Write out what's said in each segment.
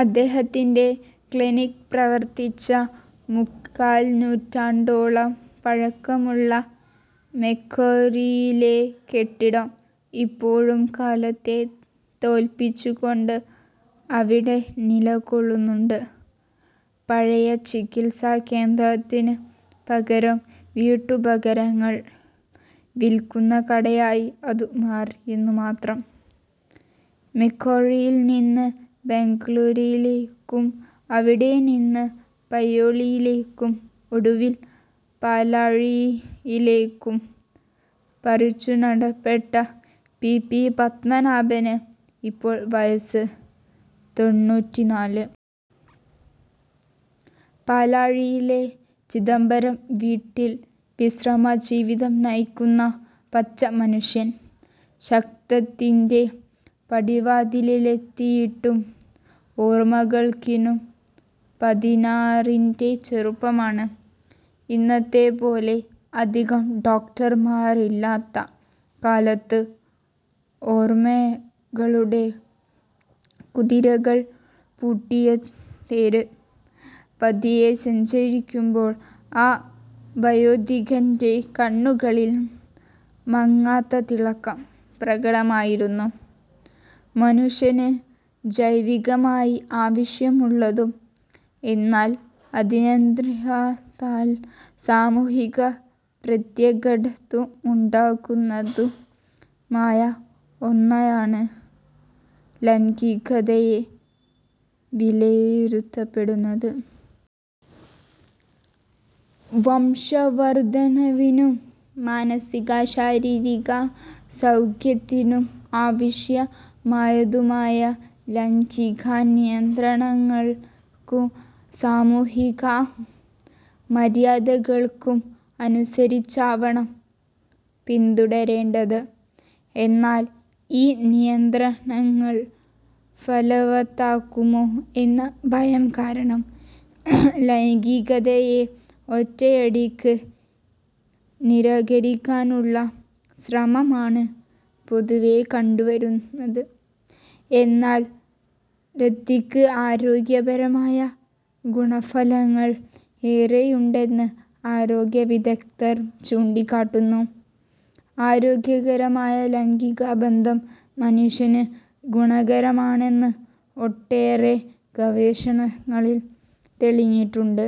അദ്ദേഹത്തിന്റെ ക്ലിനിക് പ്രവർത്തിച്ച മുക്കാൽനൂറ്റാണ്ടോളം പഴക്കമുള്ള മൊകേരിയിലെ കെട്ടിടം ഇപ്പോഴും കാലത്തെ തോൽപ്പിച്ചുകൊണ്ട് അവിടെ നിലകൊള്ളുന്നുണ്ട്. പഴയ ചികിത്സാകേന്ദ്രത്തിന് പകരം വീട്ടുപകരണങ്ങൾ വിൽക്കുന്ന കടയായി അതു മാറിയെന്നുമാത്രം. മൊകേരിയിൽനിന്ന് ബെംഗളൂരുവിലേക്കും അവിടെനിന്ന് പയ്യോളിയിലേക്കും ഒടുവിൽ പാലാഴിയിലേക്കും പറി ച്ചുനടപ്പെട്ട പി. പി. പദ്മനാഭന് ഇപ്പോൾ വയസ്സ് തൊണ്ണൂറ്റിനാല്. പാലാഴിയിലെ 'ചിദംബരം'വീട്ടിൽ വിശ്രമജീവിതം നയിക്കുന്ന പച്ചമനുഷ്യൻ ശതകത്തിന്റെ പടിവാതിലിലെത്തിയിട്ടും ഓർമകൾക്കിന്നും പതിനാറിന്റെ ചെറുപ്പമാണ്. ഇന്നത്തെപ്പോലെ അധികം ഡോക്ടർമാരില്ലാത്ത കാലത്തേക്ക് ഓർമകളുടെ കുതിരകൾ പൂട്ടിയ തേര് പതിയെ സഞ്ചരിക്കുമ്പോൾ ആ വയോധികന്റെ കണ്ണുകളിൽ മങ്ങാത്ത തിളക്കം പ്രകടമായിരുന്നു. മനുഷ്യന് ജൈവികമായി ആവശ്യമുള്ളതും എന്നാല് അനിയന്ത്രിതമായാല് സാമൂഹിക പ്രത്യാഘാതമുണ്ടാക്കുന്നതുമായ ഒന്നായാണ് ലൈംഗികതയെ വിലയിരുത്തപ്പെടുന്നത്. വംശവര്ധനവിനും മാനസികശാരീരിക സൗഖ്യത്തിന് ആവശ്യമായതുമായ ലൈംഗികത, നിയന്ത്രണങ്ങള്ക്കും സാമൂഹിക മര്യാദകള്ക്കും അനുസരിച്ചാവണം പിന്തുടരേണ്ടത്. എന്നാല് ഈ നിയന്ത്രണങ്ങള് ഫലവത്താകുമോ എന്ന ഭയം കാരണം, ലൈംഗീകതയെ ഒറ്റയടിക്ക് നിരാകരിക്കാനുള്ള ശ്രമമാണ് പൊതുവേ കണ്ടുവരുന്നത്. എന്നാല് രതിക്ക് ആരോഗ്യപരമായ ഗുണഫലങ്ങള് ഏറെയുണ്ടെന്ന് ആരോഗ്യവിഗദ്ധര് ചൂണ്ടിക്കാട്ടുന്നു. ആരോഗ്യകരമായ ലൈംഗികബന്ധം മനുഷ്യന് ഗുണകരമാണെന്ന് ഒട്ടേറെ ഗവേഷണങ്ങളില് തെളിഞ്ഞിട്ടുണ്ട്.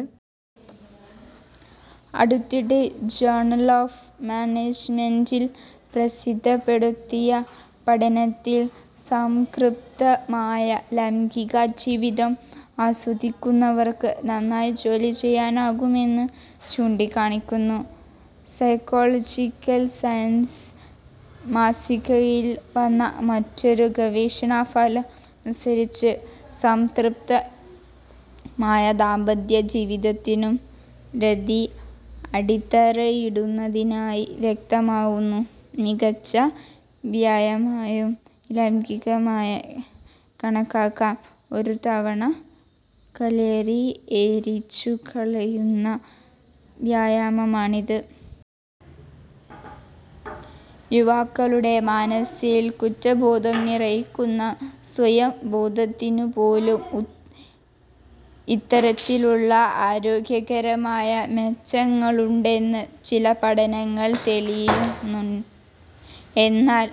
അടുത്തിടെ ജേണല് ഓഫ് മാനേജ്മെന്റില് പ്രസിദ്ധപ്പെടുത്തിയ പഠനത്തില് സംതൃപ്തമായ ലൈംഗീക ജീവിതം ആസ്വദിക്കുന്നവര്ക്ക് നന്നായി ജോലി ചെയ്യാനാകുമെന്ന് ചൂണ്ടിക്കാണിക്കുന്നു. സൈക്കോളിജക്കല് സയന്സ് മാസികയില് വന്ന മറ്റൊരു ഗവേഷണഫലമനുസരിച്ച് സംതൃപ്തമായ ദാമ്പത്യ ജീവിതത്തിനും രതി അടിത്തറയിടുന്നതായി വ്യക്തമാക്കുന്നു. മികച്ച വ്യായാമമായും ലൈംഗികതയെ കണക്കാക്കാം. ഒരു തവണ കലോറി എരിച്ചുകളയാവുന്ന വ്യായാമമാണിത്. യുവാക്കളുടെ മനസ്സില് കുറ്റബോധം നിറയ്ക്കുന്ന സ്വയംഭോഗത്തിനുപോലും ഇത്തരത്തിലുള്ള ആരോഗ്യകരമായ മെച്ചങ്ങളുണ്ടെന്ന് ചില പഠനങ്ങള് തെളിയിക്കുന്നു. എന്നാല്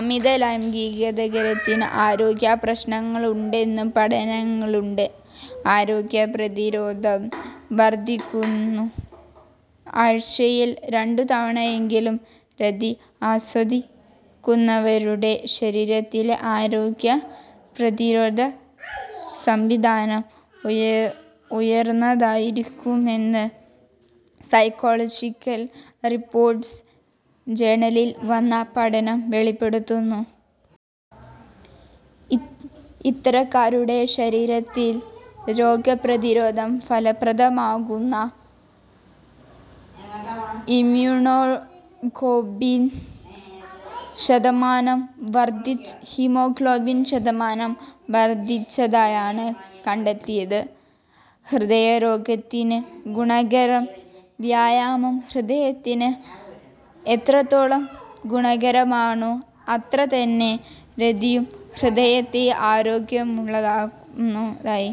അമിത ലൈംഗികതയ്ക്ക് ആരോഗ്യപ്രശ്നങ്ങളുണ്ടെന്നും പഠനങ്ങളുണ്ട്. രോഗപ്രതിരോധം വര്ധിപ്പിക്കുന്നു ആഴ്ചയില് രണ്ടു തവണയെങ്കിലും രതി ആസ്വദിക്കുന്നവരുടെ ശരീരത്തിലെ രോഗപ്രതിരോധ സംവിധാനം ഉയര്ന്നതായിരിക്കുമെന്ന് സൈക്കോളജിക്കല് റിപ്പോര്ട്സ് ജേണലില് വന്ന പഠനം വെളിപ്പെടുത്തുന്നു. ഇത്തരക്കാരുടെ ശരീരത്തില് രോഗപ്രതിരോധം ഫലപ്രദമാക്കുന്ന ഇമ്യൂണോഗ്ലോബിന് ശതമാനം വര്ധിച്ചതായാണ് കണ്ടെത്തിയത്. ഹൃദയാരോഗ്യത്തിന് ഗുണകരം വ്യായാമം ഹൃദയത്തിന് എത്രത്തോളം ഗുണകരമാണോ അത്രതന്നെ രതിയും ഹൃദയത്തെ ആരോഗ്യമുള്ളതാക്കുന്നതായി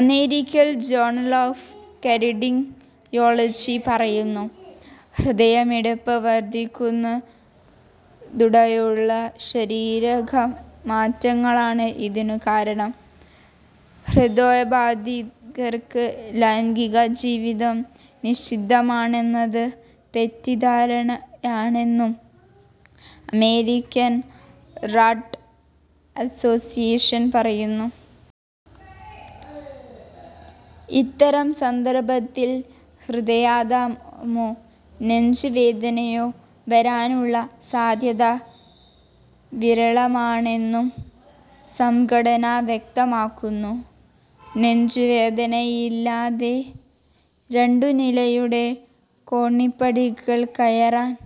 അമേരിക്കന് ജേണല് ഓഫ് കാര്ഡിയോളജി പറയുന്നു. ഹൃദയമിടിപ്പ് വര്ധിക്കുന്നതുള്പ്പെടെയുള്ള ശാരീരികമാറ്റങ്ങളാണ് ഇതിനു കാരണം. ഹൃദ്രോഗബാധിതര്ക്ക് ലൈംഗീകജീവിതം നിഷിദ്ധമാണെന്നത് തെറ്റിദ്ധാരണയാണെന്നും അമേരിക്കന് ഹാര്ട്ട് അസോസിയേഷന് പറയുന്നു. ഇത്തരംസന്ദര്ഭത്തില് ഹൃദയാഘാതമോ, നെഞ്ച് വേദനയോ വരാനുള്ള സാധ്യത വിരളമാണെന്നും സംഘടന വ്യക്തമാക്കുന്നു. നെഞ്ചുവേദനയില്ലാതെ രണ്ടുനിലയുടെ കോണിപ്പടികള് കയറാന്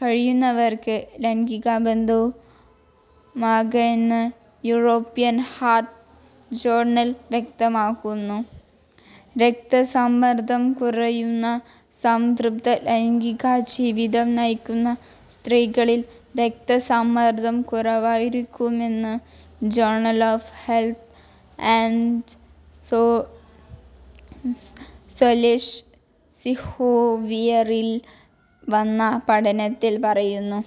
കഴിയുന്നവര്ക്ക് ലൈംഗിക ബന്ധവുമാകാമെന്ന് യൂറോപ്യന് ഹാര്ട്ട് ജേണല് വ്യക്തമാക്കുന്നു. രക്തസമ്മര്ദ്ദം കുറയ്ക്കുന്നു സംതൃപ്ത ലൈംഗീകജീവിതം നയിക്കുന്ന സ്ത്രീകളില് രക്തസമ്മര്ദ്ദം കുറവായിരിക്കുമെന്ന് journal of health and social ബിഹേവിയറില് വന്ന പഠനത്തില് പറയുന്നു.